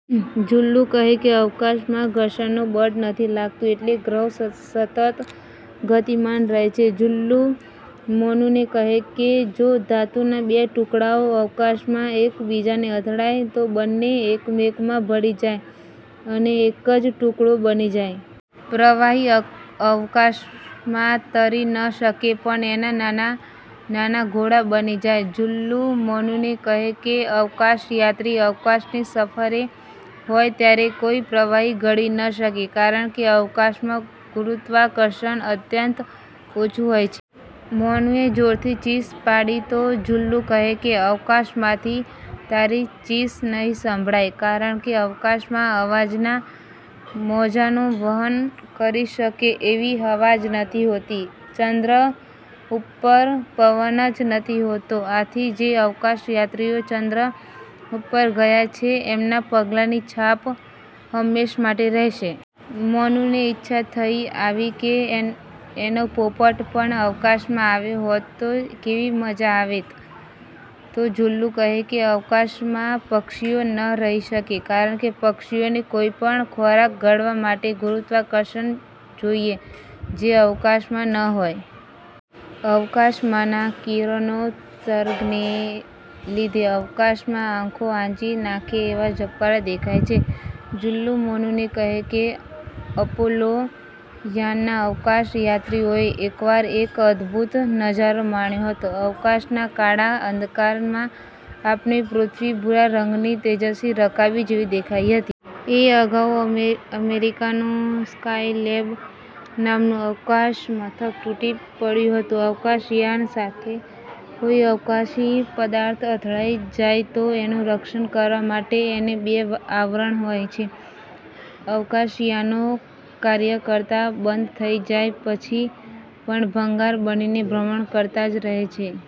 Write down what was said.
જુલ્લુ કહે કે અવકાશમાં ઘર્ષણનું બળ નથી લાગતું એટલે ગ્રહો સતત ગતિમાન રહે છે. જુલ્લુ મોનુને કહે કે જો ધાતુના બે ટુકડાઓ અવકાશમાં એક બીજાને અથડાય તો બંને એકમેકમાં ભળી જાય અને એક જ ટુકડો બની જાય. પ્રવાહી અવકાશમાં તરી ન શકે પણ એના નાના નાના ગોળા બની જાય. જુલ્લુ મોનુને કહે કે અવકાશયાત્રી અવકાશની સફરે હોય ત્યારે કોઈ પ્રવાહી ગળી ન શકે કારણકે અવકાશમાં ગુરુત્વાકર્ષણ અત્યંત ઓછું હોય છે. મોનુએ જોરથી ચીસ પાડી તો જુલ્લુ કહે કે અવકાશમાં તારી ચીસ નહીં સંભળાય કારણકે અવકાશમાં અવાજના મોજાંનું વહન કરી શકે એવી હવા જ નથી હોતી. ચન્દ્ર ઉપર પવન જ નથી હોતો આથી જે અવકાશયાત્રીઓ ચંદ્ર ઉપર ગયા છે એમના પગલાંની છાપ હંમેશ માટે રહેશે. મોનુને ઈચ્છા થઇ આવી કે એનો પોપટ પણ અવકાશમાં આવ્યો હોત તો કેવી મજા આવેત? તો જુલ્લુ કહે કે અવકાશમાં પક્ષીઓ ન રહી શકે કારણકે પક્ષીઓને કોઈ પણ ખોરાક ગળવા માટે ગુરુત્વાકર્ષણ જોઈએ જે અવકાશમાં ન હોય. અવકાશમાંના કિરણોત્સર્ગને લીધે અવકાશમાં આંખો આંજી નાંખે એવા ઝબકારા દેખાય છે. જુલ્લુ મોનુને કહે કે અપોલોયાનના અવકાશયાત્રીઓએ એકવાર એક અદભુત નજારો માણ્યો હતો. અવકાશના કાળા અંધકારમાં આપણી પૃથ્વી ભૂરા રંગની તેજસ્વી રકાબી જેવી દેખાઈ હતી! એ અગાઉ અમેરિકાનું સ્કાયલેબ નામનું અવકાશમથક તૂટી પડ્યું હતું. અવકાશયાન સાથે કોઈ અવકાશી પદાર્થ અથડાઈ જાય તો એનું રક્ષણ કરવા માટે એને બે આવરણ હોય છે. અવકાશયાનો કાર્ય કરતાં બંધ થઇ જાય પછી પણ ભંગાર બનીને ભ્રમણ કરતાં જ રહે છે.